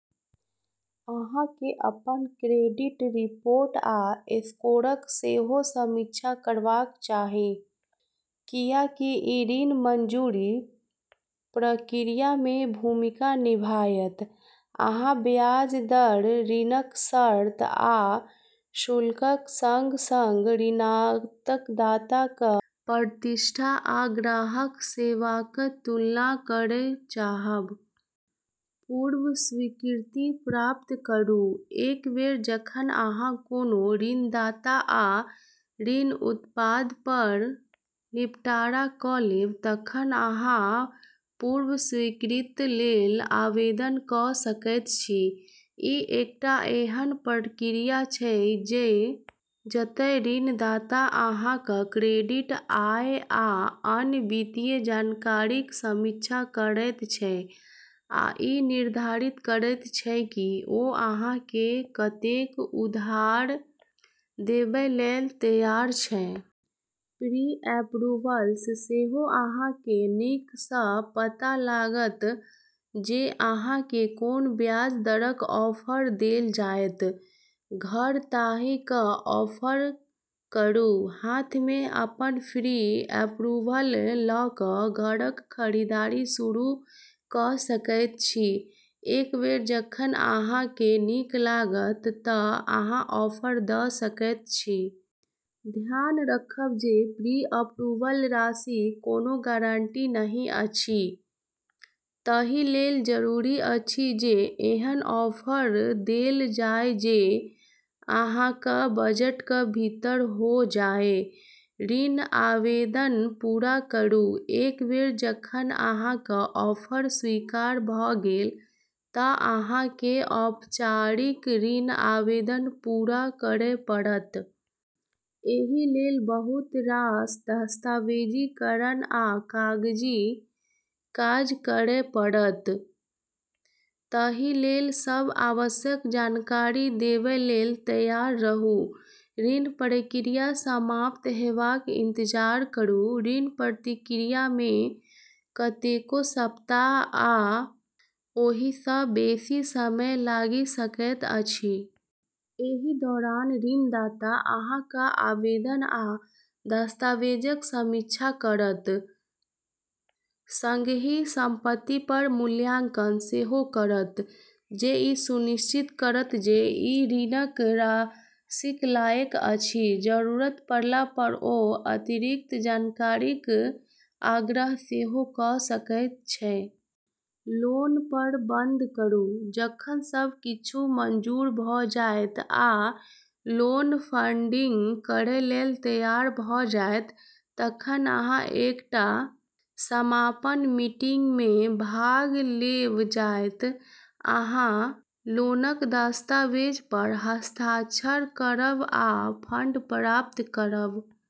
अहाँकेँ अपन credit report आ स्कोरक सेहो समीक्षा करबाक चाही, कियाकि ई ऋण मंजूरी प्रक्रियामे भूमिका निभायत। अहाँ ब्याज दर, ऋणक शर्त, आ शुल्कक संग-संग ऋणदाताक प्रतिष्ठा आ ग्राहक सेवाक तुलना करै चाहब। पूर्व स्वीकृति प्राप्त करू: एक बेर जखन अहाँ कोनो ऋणदाता आ ऋण उत्पादपर निपटारा कऽ लेब तखन अहाँ पूर्व स्वीकृतिलेल आवेदन कऽ सकैत छी। ई एकटा एहन प्रक्रिया छै जतय ऋणदाता अहाँक क्रेडिट, आय आ अन्य वित्तीय जानकारीक समीक्षा करैत छै आ ई निर्धारित करैत छै कि ओ अहाँकेँ कतेक उधार देबैलेल तैयार छै। प्री-एप्रूवलसँ सेहो अहाँकेँ नीकसँ पता चलत जे अहाँकेँ कोन ब्याज दरक ऑफर देल जायत। घर ताकी कऽ ऑफर करू: हाथमे अपन प्री-एप्रूवल लऽ कऽ घरक खरीदारी शुरू कऽ सकैत छी। एक बेर जखन अहाँकेँ नीक लागय तँ अहाँ ऑफर दऽ सकैत छी। ध्यान राखब जे प्री-एप्रूवल राशि कोनो गारंटी नहि अछि, ताहिलेल जरूरी अछि जे एहन ऑफर देल जाय जे अहाँक बजटक भीतर होआय। ऋण आवेदन पूरा करू: एक बेर जखन अहाँक ऑफर स्वीकार भऽ गेल तँ अहाँकेँ औपचारिक ऋण आवेदन पूरा करै पड़त। एहिलेल बहुत रास दस्तावेजीकरण आ कागजी काज करै पड़त, ताहिलेल सभ आवश्यक जानकारी देबैलेल तैयार रहू। ऋण प्रक्रिया समाप्त हेबाक इंतजार करू: ऋण प्रक्रियामे कतेको सप्ताह या ओहिसँ बेसी समय लागि सकैत अछि। एहि दौरान ऋणदाता अहाँक आवेदन आ दस्तावेजक समीक्षा करत, संगहि संपत्तिपर मूल्यांकन सेहो करत जे ई सुनिश्चित करत जे ई ऋणक राशिक लायक अछि। जरूरत पड़लापर ओ अतिरिक्त जानकारीक आग्रह सेहो कऽ सकैत छै। लोनपर बंद करू: जखन सब किछु मंजूर भऽ जायत आ लोन फंडिंग करैलेल तैयार भऽ जायत तखन अहाँ एकटा समापन मीटिंगमे भाग लेब जतय अहाँ लोनक दस्तावेजपर हस्ताक्षर करब आ फंड प्राप्त करब।